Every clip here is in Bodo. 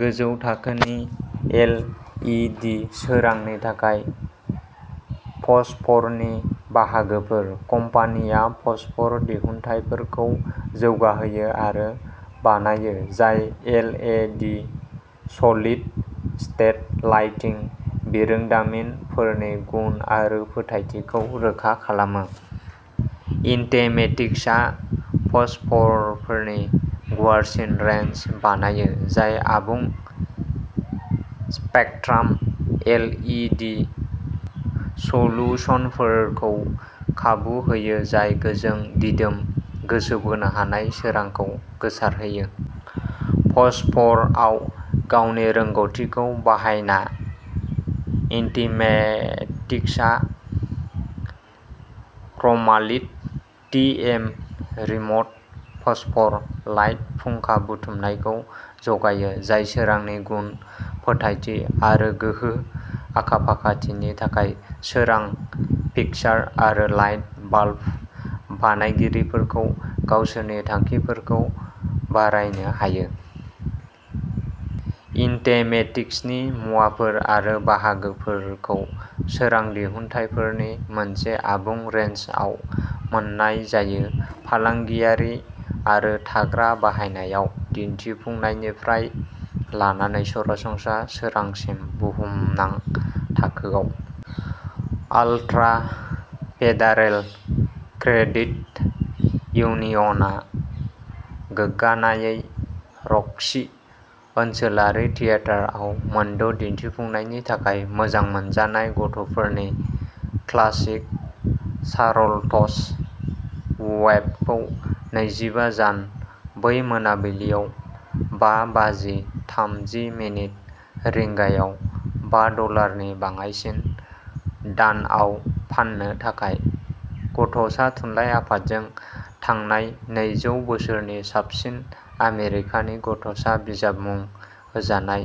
गोजौ थाखोनि एल इ डि सोरांनि थाखाय फस्फरनि बाहागोफोर। कम्पानिया फस्फर दिहुनथायफोरखौ जौगाहोयो आरो बानायो जाय L E D solid state lighting बिरोंदामिनफोरनि गुन आरो फोथायथिखौ रोखा खालामो। इन्टेमेटिक्सआ फस्फरफोरनि गुवारसिन रेन्ज बानायो, जाय आबुं स्पेकट्राम एल इ डि सल्युसनफोरखौ खाबु होयो जाय गोजों, दिदोम, गोसो बोनो हानाय सोरांखौ गोसारहोयो। फस्फरआव गावनि रोंग'थिखौ बाहायना, इन्टेमेटिक्सआ Chromalit T M remote phosphor light फुंखा बुथुमनायखौ जगायो जाय सोरांनि गुन, फोथायथि आरो गोहो आखाफाखाथिनि थाखाय सोरां फिक्सार आरो लाइट बाल्ब बानायगिरिफोरखौ गावसोरनि थांखिफोरखौ बारायनो हायो। इन्टेमेटिक्सनि मुवाफोर आरो बाहागोफोरखौ सोरां दिहुनथायफोरनि मोनसे आबुं रेन्जआव मोन्नाय जायो फालांगियारि आरो थाग्रा बाहायनायाव दिन्थिफुंनायनिफ्राय लानानै सरासनस्रा सोरांसिम बुहुमनां थाखोआव। आल्ट्रा फेडारेल क्रेडिट इउनियना गोग्गानायै र'क्सी ओनसोलारि थियेटारआव मोनद' दिन्थिफुंनायनि थाखाय मोजां मोनजानाय गथ'फोरनि क्लासिक सारलथस वेबखौ नैजिबा जान बै मोनाबिलियाव बा बाजि थामजि मिनिट रिंगायाव बा डलारनि बाङाइसिन दानआव फान्नो थाखाय। गथ'सा थुनलाइ आफादजों थांनाय नैजौ बोसोरनि साबसिन आमेरिकानि गथ'सा बिजाब मुं होजानाय,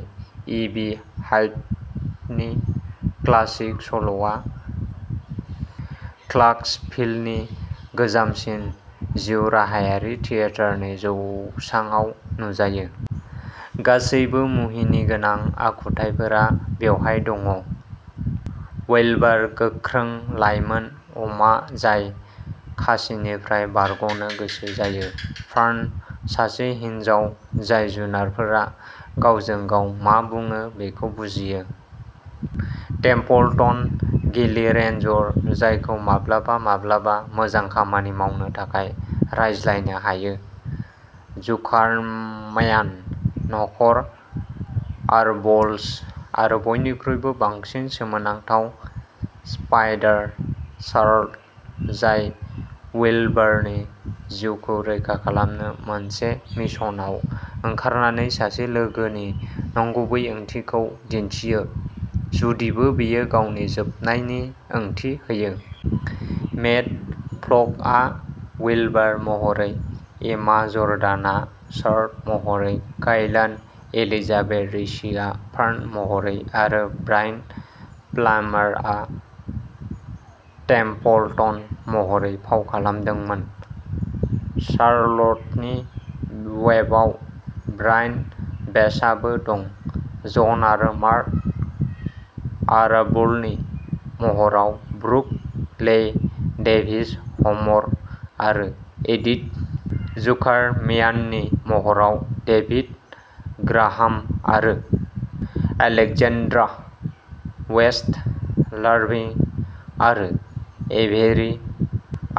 इ बि ह्वाइटनि क्लासिक सल'आ क्लार्कसभिलनि गोजामसिन जिउराहायारि थियेटारनि जौस्राङाव नुजायो। गासैबो मुहिनिगोनां आखुथाइफोरा बेवहाय दङ विल्बार, गोख्रों लाइमोन अमा जाय खासिनिफ्राय बारग'नो गोसो जायो। फार्न, सासे हिनजाव जाय जुनारफोरा गावजों-गाव मा बुङो बेखौ बुजियो टेम्पलटन, गिलिर एनजर जायखौ माब्लाबा-माब्लाबा मोजां खामानि मावनो थाखाय रायज्लायनो हायो जुकारम्यान नखर, आरबल्स, आरो बयनिख्रुइबो बांसिन, सोमोनांथाव स्पाइडार, शार्लट, जाय विल्बारनि जिउखौ रैखा खालामनो मोनसे मिशनआव ओंखारनानै सासे लोगोनि नंगुबै ओंथिखौ दिन्थियो, जुदिबो बेयो गावनि जोबनायनि ओंथि होयो। मेट फ्ल'क'आ विल्बार महरै, एमा जर्डानआ शार्लट महरै, काइलान एलिजाबेथ रिचीआ फार्न महरै आरो ब्रायन प्लामारआ टेम्पलटन महरै फाव खालामदोंमोन, चार्ल'टनि वेबआव ब्रायन बेस्टआबो दं। जन आरो मार्थ आराबलनि महराव ब्रुक लेइ डेभिस, ह'मर आरो एडिथ जुकारम्याननि महराव डेभिड ग्राहाम आरो एलेक्जेन्ड्रा वेस्ट, लार्भि आरो एभेरि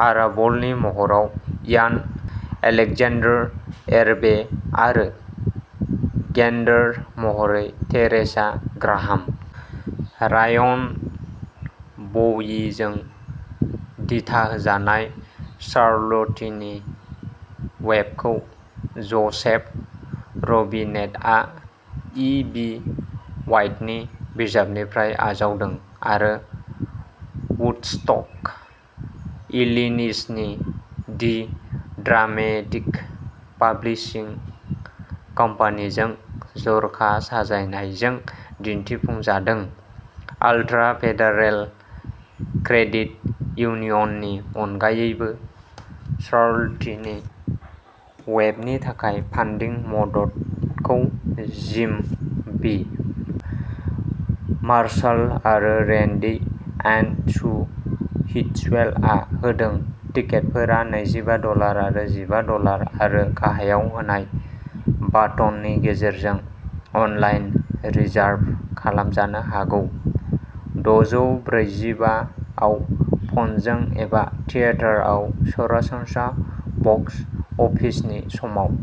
आराबलनि महराव इयान एलेक्जेन्डार एरबे, आरो गेन्डार महरै थेरेसा ग्राहाम। रायन बवीजों दिथाहोजानाय, चार्ल'ट्टीनि वेबखौ ज'सेफ रबिनेटआ इ बी व्हाइटनि बिजाबनिफ्राय आजावदों, आरो वुडस्टक, इलिन'इसनि दि ड्रामेटिक पाब्लिशिं कम्पानिजों जर'खा साजायनायजों दिन्थिफुंजादों। आल्ट्रा फेडारेल क्रेडिट इउनियननि अनगायैबो, चार्ल'ट्टीनि वेबनि थाखाय फान्डिं मददखौ जिम बी. मार्शाल आरो रेंडी एन्ड सु व्हीटसेलआ होदों। टिकेटफोरा नैजिबा डलार आरो जिबा डलार आरो गाहायाव होनाय बाटननि गेजेरजों अनलाइन रिजार्भ खालामजानो हागौ, दजौ ब्रैजिबा आव फनजों, एबा थियेटारआव सरासनस्रा बक्स अफिसनि समाव।